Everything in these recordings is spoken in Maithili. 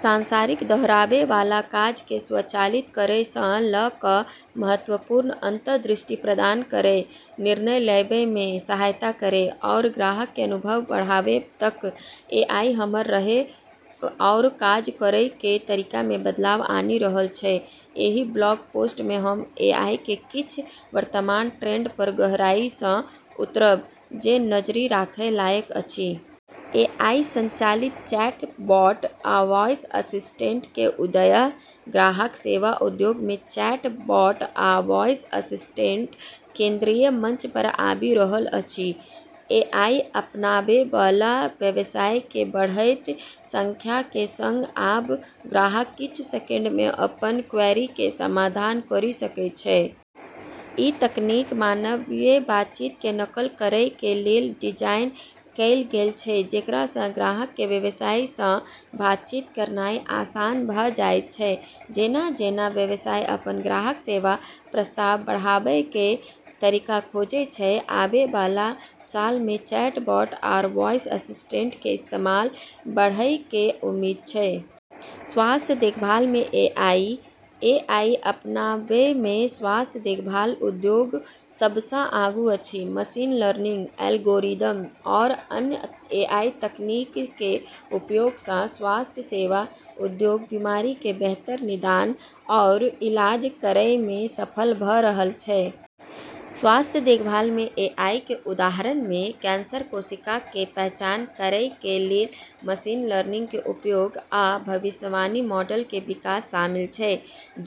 सांसारिक, दोहराबै वाला काजके स्वचालित करैसँ ल' क' महत्वपूर्ण अंतर्दृष्टि प्रदान करै, निर्णय लेबैमे सहायता करै, आओर ग्राहकके अनुभव बढ़ाबै तक, एआई हमर रहै आओर काज करैके तरीकामे बदलाव आनि रहल छै। एहि ब्लॉग पोस्ट मे हम एआईके किछ वर्तमान ट्रेंड पर गहराइसँ उतरब जे नजरि राखय लायक अछि । एआई संचालित चैटबॉट आ वॉयस असिस्टेंटके उदय: ग्राहक सेवा उद्योगमे चैटबॉट आ वॉयस असिस्टेंट केंद्रीय मंच पर आबि रहल अछि एआई अपनाबैबला व्यवसायके बढ़ैत संख्याके सङ्ग आब ग्राहक किछ सेकंडमे अपन क्वेरीके समाधान करि सकै छै। ई तकनीक मानवीय बातचीतके नकल करैके लेल डिजाइन कैल गेल छै, जेकरासँ ग्राहकके व्यवसायसँ बातचीत करनाइ आसान भ' जाइत छै । जेना -जेना व्यवसाय अपन ग्राहक सेवा प्रस्ताव बढ़ाबैके तरीका खोजै छै, आबैबला सालमे चैटबॉट आओर वॉयस असिस्टेंटके इस्तेमाल बढ़ैके उम्मीद छै। स्वास्थ्य देखभालमे एआई: एआई अपनाबैमे स्वास्थ्य देखभाल उद्योग सबसँ आगू अछि । मशीन लर्निंग एल्गोरिदम आओर अन्य एआई तकनीकके उपयोगसँ स्वास्थ्य सेवा उद्योग बीमारीके बेहतर निदान आओर इलाज करैमे सफल भ' रहल छै। स्वास्थ्य देखभालमे एआईके उदाहरणमे कैंसर कोशिकाके पहचान करैके लेल मशीन लर्निंगके उपयोग, आ भविष्यवाणी मॉडलके विकास शामिल छै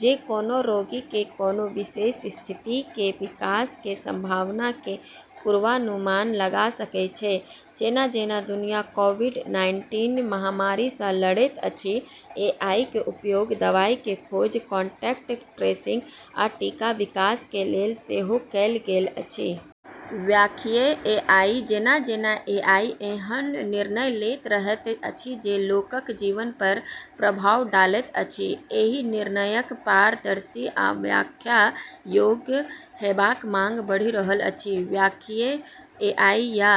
जे कोनो रोगीके कोनो विशेष स्थितिके विकासके संभावनाके पूर्वानुमान लगा सकै छै । जेना-जेना दुनिया कोविड-नाइन्टीन महामारीसँ लड़ैत अछि, एआईके उपयोग दवाईके खोज, कोन्टैक्ट ट्रेसिंग, आ टीका विकासके लेल सेहो कएल गेल अछि । व्याख्यीय एआई: जेना-जेना एआई एहन निर्णय लैत रहैत अछि जे लोकक जीवन पर प्रभाव डालैत अछि, एहि निर्णयक पारदर्शी आ व्याख्या योग्य हेबाक मांग बढ़ि रहल अछि। "व्याख्यीय एआई" या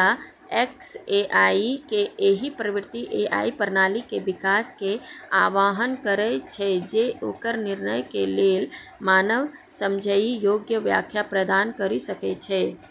"एक्सएआई" के एहि प्रवृत्ति एआई प्रणालीके विकासके आह्वान करय छै जे ओकर निर्णयके लेल मानव-समझइ योग्य व्याख्या प्रदान करि सकै छै ।